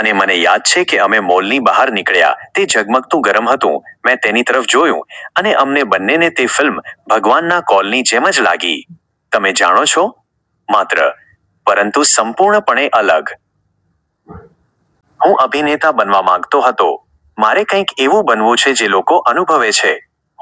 અને મને યાદ છે કે અમે મોલની બહાર નીકળ્યા, તે ઝગમગતું ગરમ હતું, મેં તેની તરફ જોયું, અને અમને બંનેને તે ફિલ્મ ભગવાનના કોલની જેમ જ લાગી. તમે જાણો છો? માત્ર... પરંતુ સંપૂર્ણપણે અલગ. હું અભિનેતા બનવા માંગતો હતો. મારે કંઈક એવું બનવું છે જે લોકો અનુભવે છે.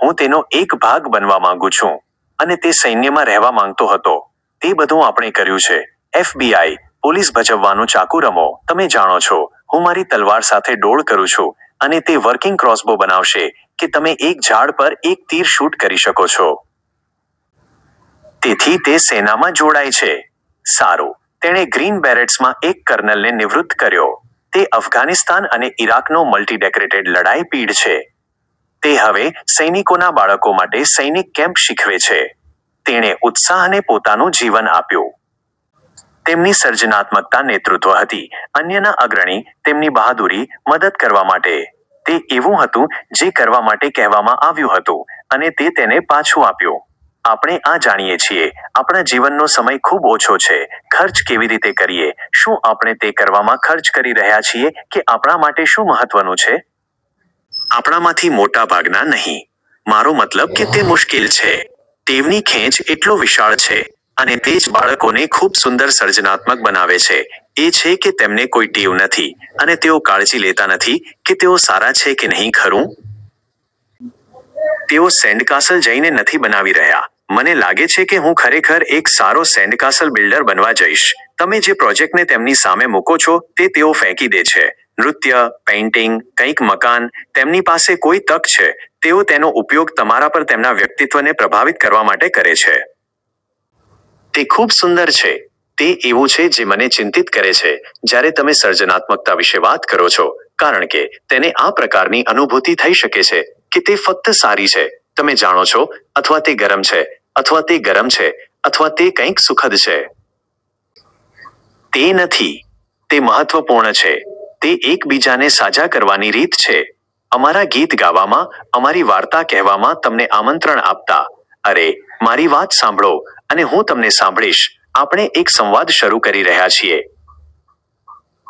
હું તેનો એક ભાગ બનવા માંગું છું. અને તે સૈન્યમાં રહેવા માંગતો હતો. તે બધું આપણે કર્યું છે, એફબીઆઈ, પોલીસ ભજવવાનું ચાકુ રમો, તમે જાણો છો, હું મારી તલવાર સાથે ડોળ કરું છું, અને તે વર્કિંગ ક્રોસબો બનાવશે કે તમે એક ઝાડ પર એક તીર શૂટ કરી શકો છો. તેથી તે સેનામાં જોડાય છે. સારું, તેણે ગ્રીન બેરેટ્સમાં એક કર્નલને નિવૃત્ત કર્યો. તે અફઘાનિસ્તાન અને ઇરાકનો મલ્ટિડેકરેટેડ લડાઇ પીઢ છે. તે હવે સૈનિકોના બાળકો માટે સૈનિક કેમ્પ શીખવે છે. તેણે ઉત્સાહને પોતાનું જીવન આપ્યું. તેમની સર્જનાત્મકતા નેતૃત્વ હતી, અન્યના અગ્રણી, તેમની બહાદુરી, મદદ કરવા માટે. તે એવું હતું જે કરવા માટે કહેવામાં આવ્યું હતું, અને। તે તેને પાછું આપ્યું. આપણે આ જાણીએ છીએ આપણા જીવનનો સમય ખૂબ ઓછો છે, ખર્ચ કેવી રીતે કરીએ શું આપણે તે કરવામાં ખર્ચ કરી રહ્યા છીએ કે આપણા માટે શું મહત્વનું છે? આપણામાંથી મોટા ભાગના નહી. મારો મતલબ કે તે મુશ્કેલ છે. ટેવની ખેંચ એટલો વિશાળ છે, અને તે જ બાળકોને ખૂબ સુંદર સર્જનાત્મક બનાવે છે, એ છે કે તેમને કોઈ ટેવ નથી, અને તેઓ કાળજી લેતા નથી કે તેઓ સારા છે કે નહીં, ખરું? તેઓ સેન્ડકાસલ જઈને નથી બનાવી રહ્યા, "મને લાગે છે કે હું ખરેખર એક સારો સેન્ડકાસલ બિલ્ડર બનવા જઈશ. " તમે જે પ્રોજેક્ટને તેમની સામે મુકો છો તે તેઓ ફેંકી દે છે નૃત્ય, પેઇન્ટિંગ, કંઈક મકાન: તેમની પાસે કોઈ તક છે, તેઓ તેનો ઉપયોગ તમારા પર તેમના વ્યક્તિત્વને પ્રભાવિત કરવા માટે કરે છે. તે ખુબ સુંદર છે. તે એવું છે જે મને ચિંતિત કરે છે જ્યારે તમે સર્જનાત્મકતા વિશે વાત કરો છો, કારણ કે તેને આ પ્રકારની અનુભૂતિ થઈ શકે છે કે તે ફક્ત સારી છે, તમે જાણો છો, અથવા તે ગરમ છે અથવા તે કંઈક સુખદ છે. તે નથી. તે મહત્વપૂર્ણ છે. તે એકબીજાને સાજા કરવાની રીત છે. અમારા ગીત ગાવામાં, અમારી વાર્તા કહેવામાં, તમને આમંત્રણ આપતાં, "અરે, મારી વાત સાંભળો, અને હું તમને સાંભળીશ," આપણે એક સંવાદ શરૂ કરી રહ્યા છીએ.